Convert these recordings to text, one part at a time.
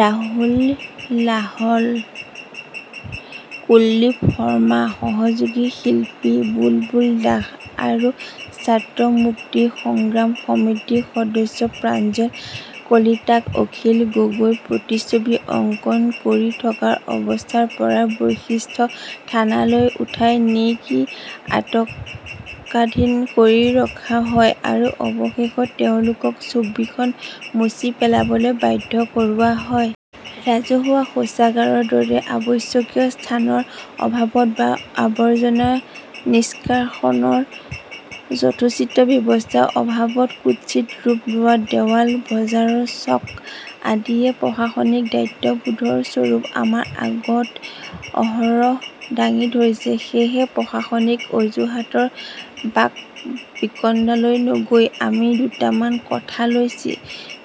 ৰাহুল লাহন কুলদীপ শৰ্মা সহযোগী শিল্পী বুলবুল দাস আৰু ছাত্ৰ মুক্তি সংগ্ৰাম সমিতিৰ সদস্য প্ৰাঞ্জল কলিতাক অখিল গগৈৰ প্ৰতিচ্ছবি অংকন কৰি থকা অৱস্থাৰ পৰা বশিষ্ঠ থানালৈ উঠাই নি আটকাধীন কৰি ৰখা হয় আৰু অৱশেষত তেওঁলোকক ছবিখন মচি পেলাবলৈ বাধ্য কৰোৱা হয়। ৰাজহুৱা শৌচাগাৰৰ দৰে অত্যাৱশ্যকীয় স্থানৰ অভাৱত বা আৱৰ্জনা নিস্কাষণৰ যথোচিত ব্যৱস্থাৰ অভাৱত কুৎচিত ৰূপ লোৱা দেৱাল বজাৰৰ চক আদিয়ে প্ৰশাসনিক দায়িত্ববোধৰ স্বৰূপ আমাৰ আগত অহৰহ দাঙি ধৰিছে। সেয়ে প্ৰশাসনিক অজুহাতৰ বাক-বিতণ্ডালৈ নগৈ আমি দুটামান কথালৈ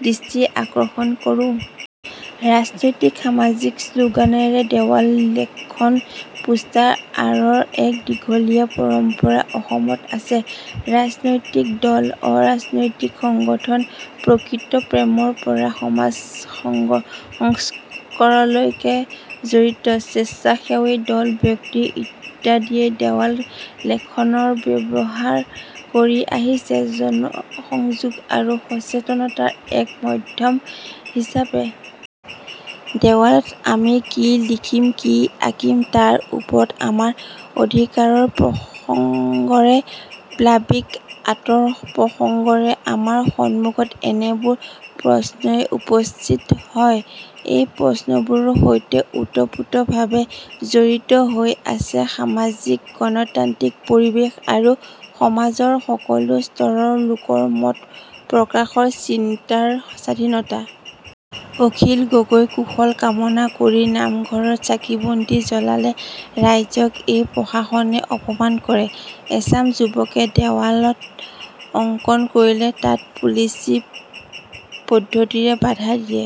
দৃষ্টি আকৰ্ষণ কৰোঁ। ৰাজনৈতিক সামাজিক শ্লোগানেৰে দেৱাল লিখন পোষ্টাৰ অঁৰাৰ এক দীঘলীয়া পৰম্পৰা অসমত আছে। ৰাজনৈতিক দল অৰাজনৈতিক সংগঠন প্ৰকৃতিপ্ৰেমৰ পৰা সমাজসংস্কাৰলৈকে জড়িত স্বেচ্ছাসেৱী দল, ব্যক্তি ইত্যাদিয়ে দেৱাল লেখনক ব্যৱহাৰ কৰি আহিছে জনসংযোগ আৰু সচেতনতাৰ এক মাধ্যম হিচাপে। দেৱালত আমি কি লিখিম কি আঁকিম তাৰ ওপৰত আমাৰ অধিকাৰৰ প্ৰসংগৰে পাব্লিক আৰ্টৰ প্ৰসংগৰে আমাৰ সমুখত এনেবোৰ প্ৰশ্নই উপস্থিত হয়। এই প্ৰশ্নবোৰৰ সৈতে ওতপ্ৰোত ভাৱে জড়িত হৈ আছে সামাজিক গণতান্ত্ৰিক পৰিৱেশ আৰু সমাজৰ সকলো স্তৰৰ লোকৰ মত প্ৰকাশৰ চিন্তাৰ স্বাধীনতা। অখিল গগৈৰ কুশল কামনা কৰি নামঘৰত চাকিবন্তি জ্বলালে ৰাইজক এই প্ৰশাসনে অপমান কৰে। এচাম যুৱকে দেৱাল অংকণ কৰিলে তাত পুলিচী পদ্ধতিৰে বাধা দিয়া।